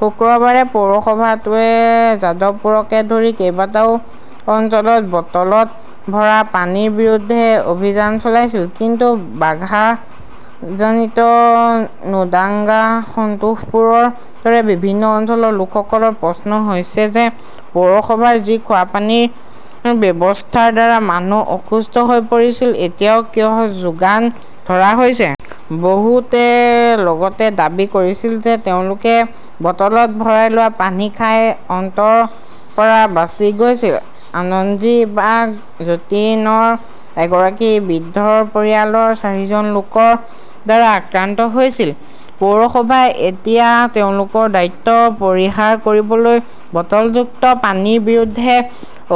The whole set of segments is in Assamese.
শুকুৰবাৰে পৌৰসভাটোৱে যাদৱপুৰকে ধৰি কেইবাটাও অঞ্চলত বটলত ভৰা পানীৰ বিৰুদ্ধে অভিযান চলাইছিল। কিন্তু বাঘা জাটিন, নোনাডাংগা, সন্তোষপুৰৰ দৰে বিভিন্ন অঞ্চলৰ লোকসকলৰ প্ৰশ্ন হৈছে যে, পৌৰসভাৰ যি খোৱাপানীৰ ব্যৱস্থাৰ দ্বাৰা মানুহ অসুস্থ হৈ পৰিছিল, এতিয়াও কিয় যোগান ধৰা হৈছে? বহুতে লগতে দাবী কৰিছিল যে, তেওঁলোকে বটলত ভৰাই লোৱা পানী খাই অন্ত্ৰৰ পৰা বাচি গৈছিল। আন্দ্ৰী বাঘ জতিণৰ এগৰাকী বৃদ্ধৰ পৰিয়ালৰ চাৰিজন লোকৰ দ্বাৰা আক্ৰান্ত হৈছিল। "পৌৰসভাই এতিয়া তেওঁলোকৰ দায়িত্ব পৰিহাৰ কৰিবলৈ বটলযুক্ত পানীৰ বিৰুদ্ধে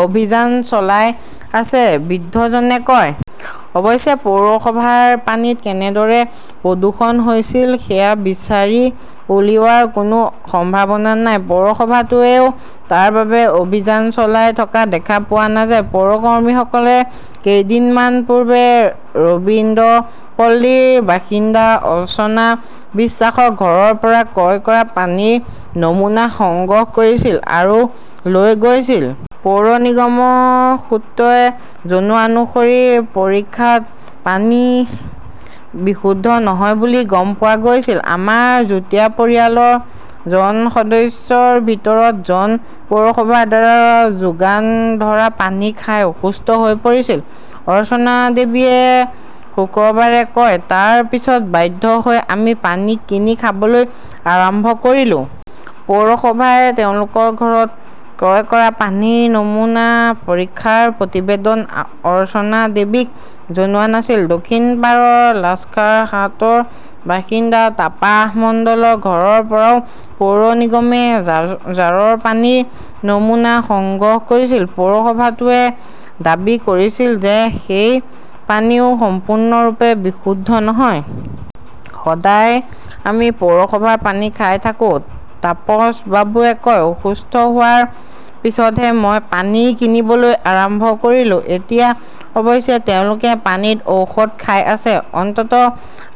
অভিযান চলাই আছে", বৃদ্ধজনে কয়। অৱশ্যে, পৌৰসভাৰ পানীত কেনেদৰে প্ৰদূষণ হৈছিল, সেয়া বিচাৰি উলিওৱাৰ কোনো সম্ভাৱনা নাই। পৌৰসভাটোৱেও তাৰ বাবে অভিযান চলাই থকা দেখা পোৱা নাযায়। পৌৰ কৰ্মীসকলে কেইদিনমান পূৰ্বে ৰবীন্দ্ৰপল্লীৰ বাসিন্দা অৰ্চনা বিশ্বাসৰ ঘৰৰ পৰা ক্ৰয় কৰা পানীৰ নমুনা সংগ্ৰহ কৰিছিল আৰু লৈ গৈছিল। পৌৰ নিগমৰ সূত্ৰই জনোৱা অনুসৰি পৰীক্ষাত পানী বিশুদ্ধ নহয় বুলি গম পোৱা গৈছে। "আমাৰ যুটীয়া পৰিয়ালৰ জন সদস্যৰ ভিতৰত জন পৌৰসভাৰ দ্বাৰা যোগান ধৰা পানী খাই অসুস্থ হৈ পৰিছিল", অৰ্চনা দেৱীয়ে শুকুৰবাৰে কয়, "তাৰ পিছত বাধ্য হৈ আমি পানী কিনি খাবলৈ আৰম্ভ কৰিলো। পৌৰসভাই তেওঁলোকৰ ঘৰত ক্ৰয় কৰা পানীৰ নমুনা পৰীক্ষাৰ প্ৰতিবেদন অৰ্চনা দেৱীক জনোৱা নাছিল। দক্ষিণপাৰা লাস্কাৰহাটৰ বাসিন্দা তাপাস মণ্ডলৰ ঘৰৰ পৰাও পৌৰ নিগমে জাৰৰ পানীৰ নমুনা সংগ্ৰহ কৰিছিল। পৌৰসভাটোৱে দাবী কৰিছিল যে, সেই পানীও সম্পূৰ্ণৰূপে "বিশুদ্ধ নহয়"। "সদায় আমি পৌৰসভাৰ পানী খাই থাকো", তাপছ বাবুৱে কয়, "অসুস্থ হোৱাৰ পিছতহে মই পানী কিনিবলৈ আৰম্ভ কৰিলোঁ"। এতিয়া অৱশ্যে তেওঁলোকে পানীত ঔষধ খাই আছে। অন্ত্ৰত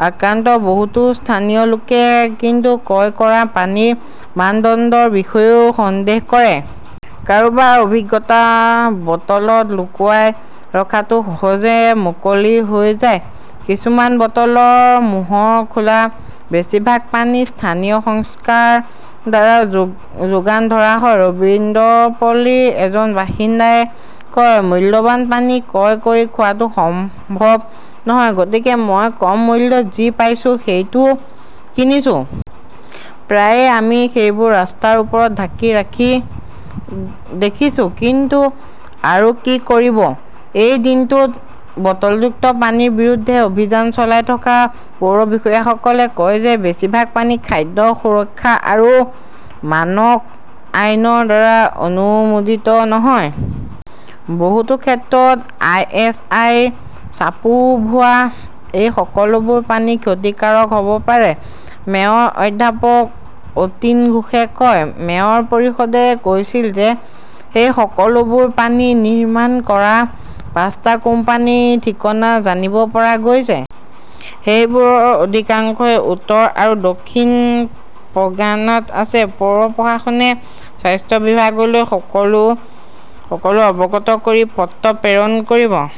আক্ৰান্ত বহুতো স্থানীয় লোকে কিন্তু ক্ৰয় কৰা পানীৰ মানদণ্ডৰ বিষয়েও সন্দেহ কৰে। কাৰোবাৰ অভিজ্ঞতা, বটলত লুকুৱাই ৰখাটো সহজে মুকলি হৈ যায়। কিছুমান বটলৰ মোহৰ খোলা। বেছিভাগ পানী স্থানীয় সংস্থাৰ দ্বাৰা যোগান ধৰা হয়। ৰবীন্দ্ৰপল্লীৰ এজন বাসিন্দাই কয়, "মূল্যৱান পানী ক্ৰয় কৰি খোৱাটো সম্ভৱ নহয়। গতিকে মই কম মূল্যত যি পাইছোঁ, সেইটো কিনিছোঁ। প্ৰায়ে আমি সেইবোৰ ৰাস্তাৰ ওপৰত ঢাকি ৰাখি দেখিছোঁ। কিন্তু আৰু কি কৰিব?"। এই দিনটোত বটলযুক্ত পানীৰ বিৰুদ্ধে অভিযান চলাই থকা পৌৰ বিষয়াসকলে কয় যে, বেছিভাগ পানী "খাদ্য সুৰক্ষা আৰু মানক আইন" ৰ দ্বাৰা অনুমোদিত নহয়। বহুতো ক্ষেত্ৰত আই. এছ. আই. ৰ ছাপো ভুৱা। "এই সকলোবোৰ পানী ক্ষতিকাৰক হব পাৰে", মেয়ৰ অধ্যাপক অতীন ঘোষে কয়। মেয়ৰ পৰিষদে কৈছিল যে, সেই সকলোবোৰ পানী নিৰ্মাণ কৰা পাঁচটা কোম্পানীৰ ঠিকনা জানিব পৰা গৈছে। সেইবোৰৰ অধিকাংশই উত্তৰ আৰু দক্ষিণ পৰ্গানাত আছে। পৌৰ প্ৰশাসনে স্বাস্থ্য বিভাগলৈ সকলো অৱগত কৰি পত্ৰ প্ৰেৰণ কৰিব।